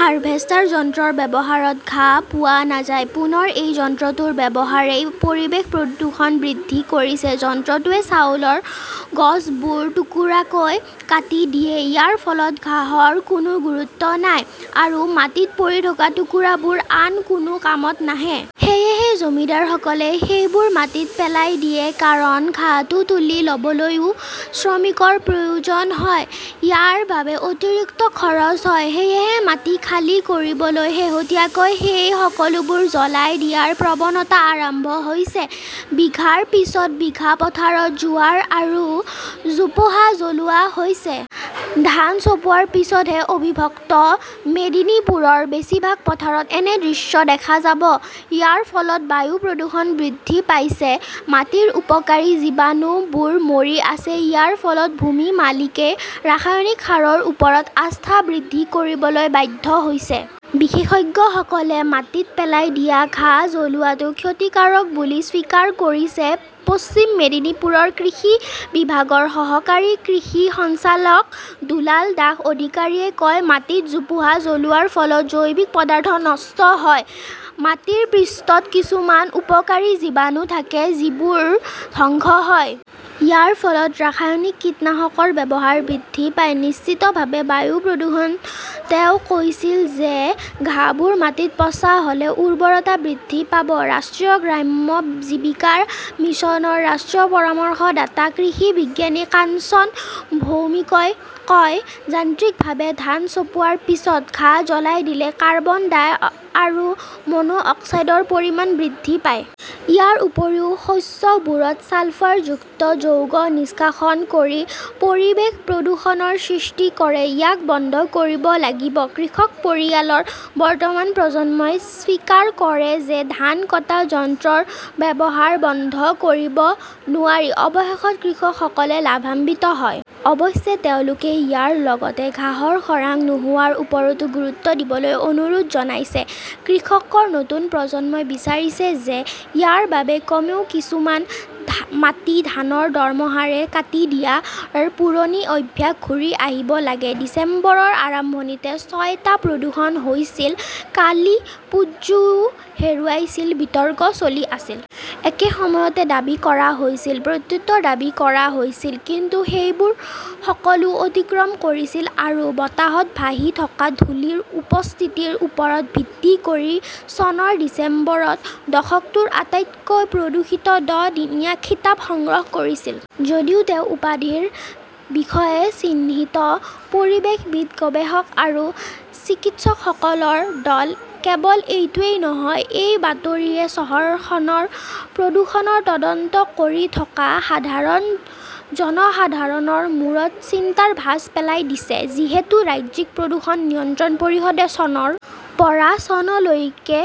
Harvester যন্ত্ৰৰ ব্যৱহাৰত ঘাঁহ পোৱা নাযায়। পুনৰ এই যন্ত্ৰটোৰ ব্যৱহাৰে পৰিৱেশ প্ৰদূষণ বৃদ্ধি কৰিছে। যন্ত্ৰটোৱে চাউলৰ গছবোৰ টুকুৰাকৈ কাটি দিয়ে। ইয়াৰ ফলত ঘাঁহৰ কোনো গুৰুত্ব নাই। আৰু মাটিত পৰি থকা টুকুৰাবোৰ আন কোনো কামত নাহে। সেয়েহে জমিদাৰসকলে সেইবোৰ মাটিত পেলাই দিয়ে। কাৰণ ঘাঁহটো তুলি ল "বলৈও শ্ৰমিকৰ প্ৰয়োজন হয়। ইয়াৰ বাবে অতিৰিক্ত খৰচ হয়। সেয়েহে মাটি খালী কৰিবলৈ শেহতীয়াকৈ সেই সকলোবোৰ জ্বলাই দিয়াৰ প্ৰৱণতা আৰম্ভ হৈছে। বিঘাৰ পিছত, বিঘা পথাৰত জোৱাৰ আৰু জোপোহা জ্বলোৱা হৈছে। ধান চপোৱাৰ পিছতহে অবিভক্ত মেদিনীপুৰৰ বেছিভাগ পথাৰত এনে দৃশ্য দেখা যাব। ইয়াৰ ফলত বায়ু প্ৰদূষণ বৃদ্ধি পাইছে। মাটিৰ উপকাৰী জীৱাণুবোৰ মৰি আছে। ইয়াৰ ফলত ভূমি মালিকে ৰাসায়নিক সাৰৰ ওপৰত আস্থা বৃদ্ধি কৰিবলৈ বাধ্য হৈছে। বিশেষজ্ঞসকলে মাটিত পেলাই দিয়া ঘাঁহ জ্বলোৱাটো ক্ষতিকাৰক বুলি স্বীকাৰ কৰিছে। পশ্চিম মেদিনীপুৰৰ কৃষি বিভাগৰ সহকাৰী কৃষি সঞ্চালক দুলাল দাস অধিকাৰীয়ে কয়, "মাটিত জোপোহা জ্বলোৱাৰ ফলত জৈৱিক পদাৰ্থ নষ্ট হয়। মাটিৰ পৃষ্ঠত কিছুমান উপকাৰী জীৱাণু থাকে যিবোৰ ধ্বংস হয়। ইয়াৰ ফলত ৰাসায়নিক কীটনাশকৰ ব্যৱহাৰ বৃদ্ধি পায়। নিশ্চিতভাৱে বায়ু প্ৰদূষণ। "তেওঁ কৈছিল যে ঘাঁহবোৰ মাটিত পচা হ" লে উৰ্বৰতা বৃদ্ধি পাব। ৰাষ্ট্ৰীয় গ্ৰাম্য জীৱিকা মিছনৰ ৰাষ্ট্ৰীয় পৰামৰ্শদাতা কৃষি বিজ্ঞানী কাঞ্চন ভৌমিকই কয়, "যান্ত্ৰিকভাৱে ধান চপোৱাৰ পিছত ঘাঁহ জ্বলাই দিলে কাৰ্বন ডাই আৰু মনো অক্সাইডৰ পৰিমাণ বৃদ্ধি পায়। ইয়াৰ উপৰিও শস্যবোৰত ছালফাৰযুক্ত যৌগ নিষ্কাশন কৰি পৰিৱেশ প্ৰদূষণৰ সৃষ্টি কৰে। ইয়াক বন্ধ কৰিব লাগিব। "কৃষক পৰিয়ালৰ বৰ্তমানৰ প্ৰজন্মই স্বীকাৰ কৰে যে ধান কটা যন্ত্ৰৰ ব্যৱহাৰ বন্ধ কৰিব নোৱাৰি। অৱশেষত কৃষকসকলে লাভান্বিত হয়। অৱশ্যে, তেওঁলোকে ইয়াৰ লগতে ঘাঁহৰ খৰাং নোহোৱাৰ ওপৰতো গুৰুত্ব দিবলৈ অনুৰোধ জনাইছে। কৃষকৰ নতুন প্ৰজন্মই বিচাৰিছে যে ইয়াৰ বাবে কমেও কিছুমান মাটি ধানৰ দৰমহাৰে কাটি দিয়াৰ পুৰণি অভ্যাস ঘূৰি আহিব লাগে। ডিচেম্বৰৰ আৰম্ভণিতে ছয়টা প্ৰদূষণ হৈছিল, কালিপ্পুজোও হেৰুৱাইছিল বিতৰ্ক চলি আছিল। একে সময়তে দাবী কৰা হৈছিল, প্ৰত্যুত্তৰ দাবী কৰা হৈছিল। কিন্তু সেইবোৰ সকলো অতিক্ৰম কৰিছিল আৰু বতাহত ভাহি থকা ধূলি ৰ উপস্থিতিৰ ওপৰত ভিত্তি কৰি চনৰ ডিচেম্বৰত দশকটোৰ আটাইতকৈ প্ৰদূষিত দহ দিনীয়া 'খিতাপ "সংগ্ৰহ কৰিছিল। যদিও তেওঁ 'উপাধি "ৰ বিষয়ে চিন্তিত পৰিৱেশবিদ-গৱেষক আৰু চিকিৎসকসকলৰ দল। কেৱল এইটোৱেই নহয়, এই বাতৰিয়ে চহৰখনৰ প্ৰদূষণৰ তদন্ত কৰি থকা সাধাৰণ জনসাধাৰণৰ মূৰত চিন্তাৰ ভাঁজ পেলাই দিছে। যিহেতু, ৰাজ্যিক প্ৰদূষণ নিয়ন্ত্ৰণ পৰিষদে চনৰ পৰা চনলৈকে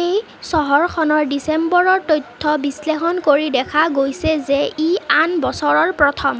এই চহৰখনৰ ডিচেম্বৰৰ তথ্য বিশ্লেষণ কৰি দেখা গৈছে যে ই আন বছৰৰ প্ৰথম